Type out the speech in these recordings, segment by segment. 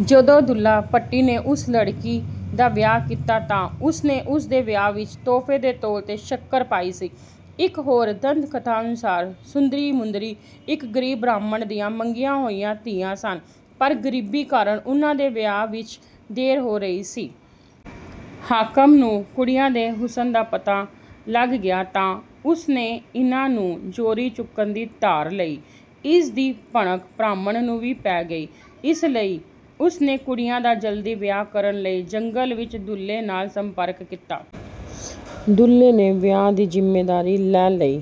ਜਦੋਂ ਦੁੱਲਾ ਭੱਟੀ ਨੇ ਉਸ ਲੜਕੀ ਦਾ ਵਿਆਹ ਕੀਤਾ ਤਾਂ ਉਸ ਨੇ ਉਸ ਦੇ ਵਿਆਹ ਵਿੱਚ ਤੋਹਫ਼ੇ ਦੇ ਤੌਰ ’ਤੇ ਸ਼ੱਕਰ ਪਾਈ ਸੀ। ਇੱਕ ਹੋਰ ਦੰਤ-ਕਥਾ ਅਨੁਸਾਰ, ਸੁੰਦਰੀ-ਮੁੰਦਰੀ ਇੱਕ ਗਰੀਬ ਬ੍ਰਾਹਮਣ ਦੀਆਂ ਮੰਗੀਆਂ ਹੋਈਆਂ ਧੀਆਂ ਸਨ, ਪਰ ਗਰੀਬੀ ਕਾਰਨ ਉਨ੍ਹਾਂ ਦੇ ਵਿਆਹ ਵਿੱਚ ਦੇਰ ਹੋ ਰਹੀ ਸੀ। ਹਾਕਮ ਨੂੰ ਕੁੜੀਆਂ ਦੇ ਹੁਸਨ ਦਾ ਪਤਾ ਲੱਗ ਗਿਆ ਤਾਂ ਉਸ ਨੇ ਇਨ੍ਹਾਂ ਨੂੰ ਜ਼ੋਰੀਂ ਚੁੱਕਣ ਦੀ ਧਾਰ ਲਈ। ਇਸ ਦੀ ਭਿਣਕ ਬ੍ਰਾਹਮਣ ਨੂੰ ਵੀ ਪੈ ਗਈ। ਇਸ ਲਈ ਉਸ ਨੇ ਕੁੜੀਆਂ ਦਾ ਜਲਦੀ ਵਿਆਹ ਕਰਨ ਲਈ ਜੰਗਲ ਵਿੱਚ ਦੁੱਲੇ ਨਾਲ ਸੰਪਰਕ ਕੀਤਾ। ਦੁੱਲੇ ਨੇ ਵਿਆਹ ਦੀ ਜ਼ਿੰਮੇਵਾਰੀ ਲੈ ਲਈ।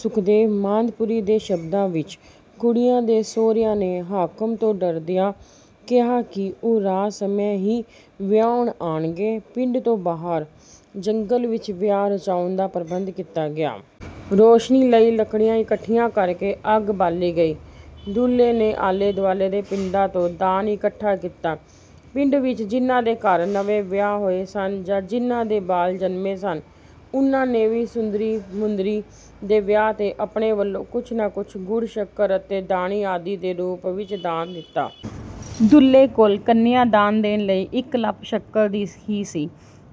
ਸੁਖਦੇਵ ਮਾਦਪੁਰੀ ਦੇ ਸ਼ਬਦਾਂ ਵਿੱਚ, “ਕੁੜੀਆਂ ਦੇ ਸਹੁਰਿਆਂ ਨੇ ਹਾਕਮ ਤੋਂ ਡਰਦਿਆਂ ਕਿਹਾ ਕਿ ਉਹ ਰਾਤ ਸਮੇਂ ਹੀ ਵਿਆਹੁਣ ਆਉਣਗੇ। ਪਿੰਡ ਤੋਂ ਬਾਹਰ ਜੰਗਲ ਵਿੱਚ ਵਿਆਹ ਰਚਾਉਣ ਦਾ ਪ੍ਰਬੰਧ ਕੀਤਾ ਗਿਆ। ਰੌਸ਼ਨੀ ਲਈ ਲੱਕੜੀਆਂ ਇਕੱਠੀਆਂ ਕਰਕੇ ਅੱਗ ਬਾਲੀ ਗਈ। ਦੁੱਲੇ ਨੇ ਆਲੇ-ਦੁਆਲੇ ਦੇ ਪਿੰਡਾਂ ਤੋਂ ਦਾਨ ਇਕੱਠਾ ਕੀਤਾ। ਪਿੰਡ ਵਿੱਚ ਜਿਨ੍ਹਾਂ ਦੇ ਘਰ ਨਵੇਂ ਵਿਆਹ ਹੋਏ ਸਨ ਜਾਂ ਜਿਨ੍ਹਾਂ ਦੇ ਬਾਲ ਜਨਮੇ ਸਨ, ਉਨ੍ਹਾਂ ਨੇ ਵੀ ਸੁੰਦਰੀ-ਮੁੰਦਰੀ ਦੇ ਵਿਆਹ ’ਤੇ ਆਪਣੇ ਵੱਲੋਂ ਕੁਝ ਨਾ ਕੁਝ ਗੁੜ-ਸ਼ੱਕਰ ਅਤੇ ਦਾਣੇ ਆਦਿ ਦੇ ਰੂਪ ਵਿੱਚ ਦਾਨ ਦਿੱਤਾ। ਦੁੱਲੇ ਕੋਲ ਕੰਨਿਆ-ਦਾਨ ਦੇਣ ਲਈ ਇੱਕ ਲੱਪ ਸ਼ੱਕਰ ਦੀ ਹੀ ਸੀ।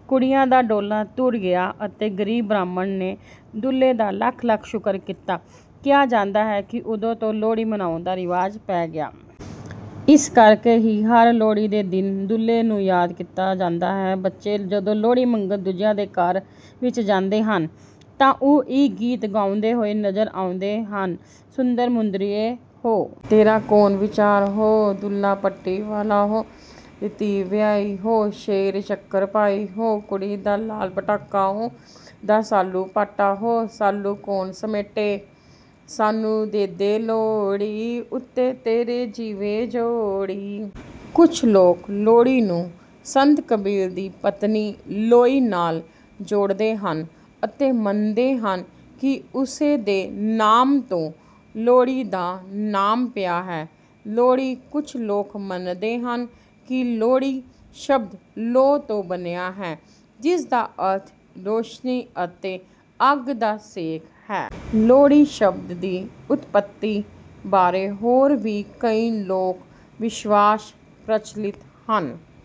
ਕੁੜੀਆਂ ਦਾ ਡੋਲਾ ਤੁਰ ਗਿਆ ਅਤੇ ਗ਼ਰੀਬ ਬ੍ਰਾਹਮਣ ਨੇ ਦੁੱਲੇ ਦਾ ਲੱਖ-ਲੱਖ ਸ਼ੁਕਰ ਕੀਤਾ। ਕਿਹਾ ਜਾਂਦਾ ਹੈ ਕਿ ਉਦੋਂ ਤੋਂ ਲੋਹੜੀ ਮਨਾਉਣ ਦਾ ਰਿਵਾਜ ਪੈ ਗਿਆ।” ਇਸ ਕਰਕੇ ਹੀ ਹਰ ਲੋਹੜੀ ਦੇ ਦਿਨ ਦੁੱਲੇ ਨੂੰ ਯਾਦ ਕੀਤਾ ਜਾਂਦਾ ਹੈ। ਬੱਚੇ ਜਦੋਂ ਲੋਹੜੀ ਮੰਗਣ ਦੂਜਿਆਂ ਦੇ ਘਰਾਂ ਵਿੱਚ ਜਾਂਦੇ ਹਨ ਤਾਂ ਉਹ ਇਹ ਗੀਤ ਗਾਉਂਦੇ ਹੋਏ ਨਜ਼ਰ ਆਉਂਦੇ ਹਨ: “ਸੁੰਦਰ ਮੁੰਦਰੀਏ ਹੋ! ਤੇਰਾ ਕੌਣ ਵਿਚਾਰ ਹੋ! ਦੁੱਲਾ ਭੱਟੀ ਵਾਲਾ ਹੋ! ਦੁੱਲੇ ਧੀ ਵਿਆਹੀ ਹੋ! ਸੇਰ ਸ਼ੱਕਰ ਪਾਈ ਹੋ! ਕੁੜੀ ਦਾ ਲਾਲ ਪਟਾਕਾ ਹੋ! ਕੁੜੀ ਦਾ ਸਾਲੂ ਪਾਟਾ ਹੋ! ਸਾਲੂ ਕੌਣ ਸਮੇਟੇ!... ਸਾਨੂੰ ਦੇ ਦੇ ਲੋਹੜੀ, ਉੱਤੇ ਤੇਰੀ ਜੀਵੇ ਜੋੜੀ!” ਕੁਝ ਲੋਕ ਲੋਹੜੀ ਨੂੰ ਸੰਤ ਕਬੀਰ ਦੀ ਪਤਨੀ ਲੋਈ ਨਾਲ ਜੋੜਦੇ ਹਨ ਅਤੇ ਮੰਨਦੇ ਹਨ ਕਿ ਉਸੇ ਦੇ ਨਾਮ ਤੋਂ ਲੋਹੜੀ ਦਾ ਨਾਮ ਪਿਆ ਹੈ। ਲੋਹੜੀ ਕੁਝ ਲੋਕ ਮੰਨਦੇ ਹਨ ਕਿ ‘ਲੋਹੜੀ’ ਸ਼ਬਦ ‘ਲੋਹ’ ਤੋਂ ਬਣਿਆ ਹੈ, ਜਿਸ ਦਾ ਅਰਥ ਰੌਸ਼ਨੀ ਅਤੇ ਅੱਗ ਦਾ ਸੇਕ ਹੈ। ਲੋਹੜੀ ਸ਼ਬਦ ਦੀ ਉਤਪਤੀ ਬਾਰੇ ਹੋਰ ਵੀ ਕਈ ਲੋਕ-ਵਿਸ਼ਵਾਸ ਪ੍ਰਚਲਿਤ ਹਨ।